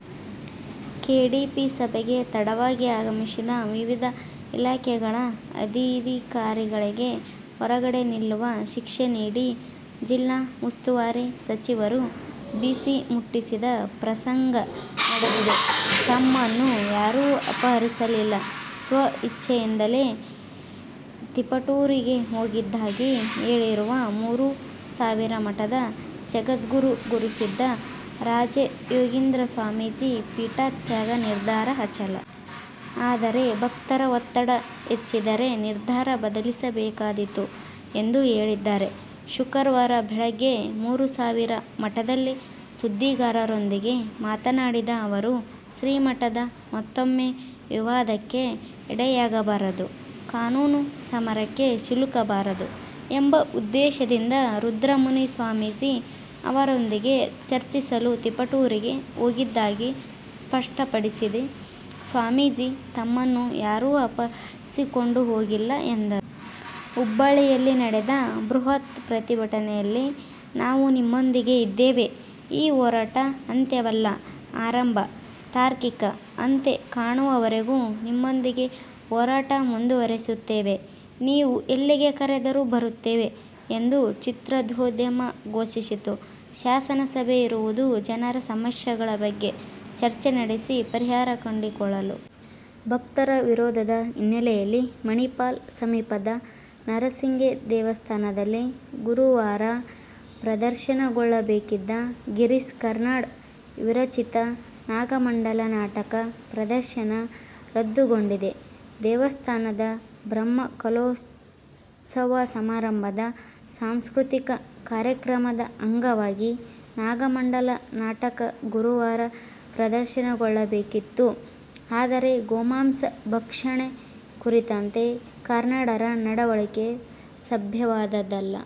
KDP ಸಭೆಗೆ ತಡವಾಗಿ ಆಗಮಿಸಿದ ವಿವಿಧ ಇಲಾಖೆಗಳ ಅಧಿಧಿಕಾರಿಗಳಿಗೆ ಹೊರಗಡೆ ನಿಲ್ಲುವ ಶಿಕ್ಷೆ ನೀಡಿ ಜಿಲ್ಲಾ ಉಸ್ತುವಾರಿ ಸಚಿವರು ಬಿಸಿ ಮುಟ್ಟಿಸಿದ ಪ್ರಸಂಗ ನಡೆದಿದೆ. ತಮ್ಮನ್ನು ಯಾರೂ ಅಪಹರಿಸಿಲ್ಲ. ಸ್ವ ಇಚ್ಛೆಯಿಂದಲೇ ತಿಪಟೂರಿಗೆ ಹೋಗಿದ್ದಾಗಿ ಹೇಳಿರುವ ಮೂರು ಸಾವಿರ ಮಠದ ಜಗದ್ಗುರು ಗುರುಸಿದ್ದ ರಾಜಯೋಗೀಂದ್ರ ಸ್ವಾಮೀಜಿ, ಪೀಠತ್ಯಾಗ ನಿರ್ಧಾರ ಅಚಲ. ಆದರೆ ಭಕ್ತರ ಒತ್ತಡ ಹೆಚ್ಚಿದರೆ ನಿರ್ಧಾರ ಬದಲಿಸಬೇಕಾದೀತು ಎಂದು ಹೇಳಿದ್ದಾರೆ. ಶುಕ್ರವಾರ ಬೆಳಿಗ್ಗೆ ಮೂರುಸಾವಿರ ಮಠದಲ್ಲಿ ಸುದ್ದಿಗಾರರೊಂದಿಗೆ ಮಾತನಾಡಿದ ಅವರು, ಶ್ರೀಮಠ ಮತ್ತೂಮ್ಮೆ ವಿವಾದಕ್ಕೆ ಎಡೆಯಾಗಬಾರದು, ಕಾನೂನು ಸಮರಕ್ಕೆ ಸಿಲುಕಬಾರದು ಎಂಬ ಉದ್ದೇಶದಿಂದ ರುದ್ರಮುನಿ ಸ್ವಾಮೀಜಿ ಅವರೊಂದಿಗೆ ಚರ್ಚಿಸಲು ತಿಪಟೂರಿಗೆ ಹೋಗಿದ್ದಾಗಿ ಸ್ಪಷ್ಟಪಡಿಸಿದ ಸ್ವಾಮೀಜಿ, ತಮ್ಮನ್ನು ಯಾರೂ ಅಪಹರಿಸಿಕೊಂಡು ಹೋಗಿಲ್ಲ ಎಂದರು. ಹುಬ್ಬಳ್ಳಿಯಲ್ಲಿ ನಡೆದ ಬೃಹತ್ ಪ್ರತಿಭಟನೆಯಲ್ಲಿ ನಾವು ನಿಮ್ಮೊಂದಿಗೆ ಇದ್ದೇವೆ. ಈ ಹೋರಾಟ ಅಂತ್ಯವಲ್ಲ ಆರಂಭ. ತಾರ್ಕಿಕ ಅಂತ್ಯ ಕಾಣುವವರೆಗೂ ನಿಮ್ಮೊಂದಿಗೆ ಹೋರಾಟ ಮುಂದುವರಿಸುತ್ತೇವೆ. ನೀವು ಎಲ್ಲಿಗೆ ಕರೆದರೂ ಬರುತ್ತೇವೆ ಎಂದು ಚಿತ್ರೋದ್ಯಮ ಘೋಷಿಸಿತು. ಶಾಸನ ಸಭೆ ಇರುವುದು ಜನರ ಸಮಸ್ಯೆಗಳ ಬಗ್ಗೆ ಚರ್ಚೆ ನಡೆಸಿ ಪರಿಹಾರ ಕಂಡುಕೊಳ್ಳಲು. ಭಕ್ತರ ವಿರೋಧದ ಹಿನ್ನೆಲೆಯಲ್ಲಿ ಮಣಿಪಾಲ ಸಮೀಪದ ನರಸಿಂಗೆ ದೇವಸ್ಥಾನದಲ್ಲಿ ಗುರುವಾರ ಪ್ರದರ್ಶನಗೊಳ್ಳಬೇಕಿದ್ದ ಗಿರೀಶ್ ಕಾರ್ನಾಡ್ ವಿರಚಿತ "ನಾಗಮಂಡಲ' ನಾಟಕ ಪ್ರದರ್ಶನ ರದ್ದುಗೊಂಡಿದೆ. ದೇವಸ್ಥಾನದ ಬ್ರಹ್ಮಕಲಶೋತ್ಸವ ಸಮಾರಂಭದ ಸಾಂಸ್ಕೃತಿಕ ಕಾರ್ಯಕ್ರಮದ ಅಂಗವಾಗಿ "ನಾಗಮಂಡಲ' ನಾಟಕ ಗುರುವಾರ ಪ್ರದರ್ಶನಗೊಳ್ಳಬೇಕಿತ್ತು. ಆದರೆ, "ಗೋಮಾಂಸ ಭಕ್ಷಣೆ ಕುರಿತಂತೆ ಕಾರ್ನಾಡರ ನಡವಳಿಕೆ ಸಭ್ಯವಾದದ್ದಲ್ಲ.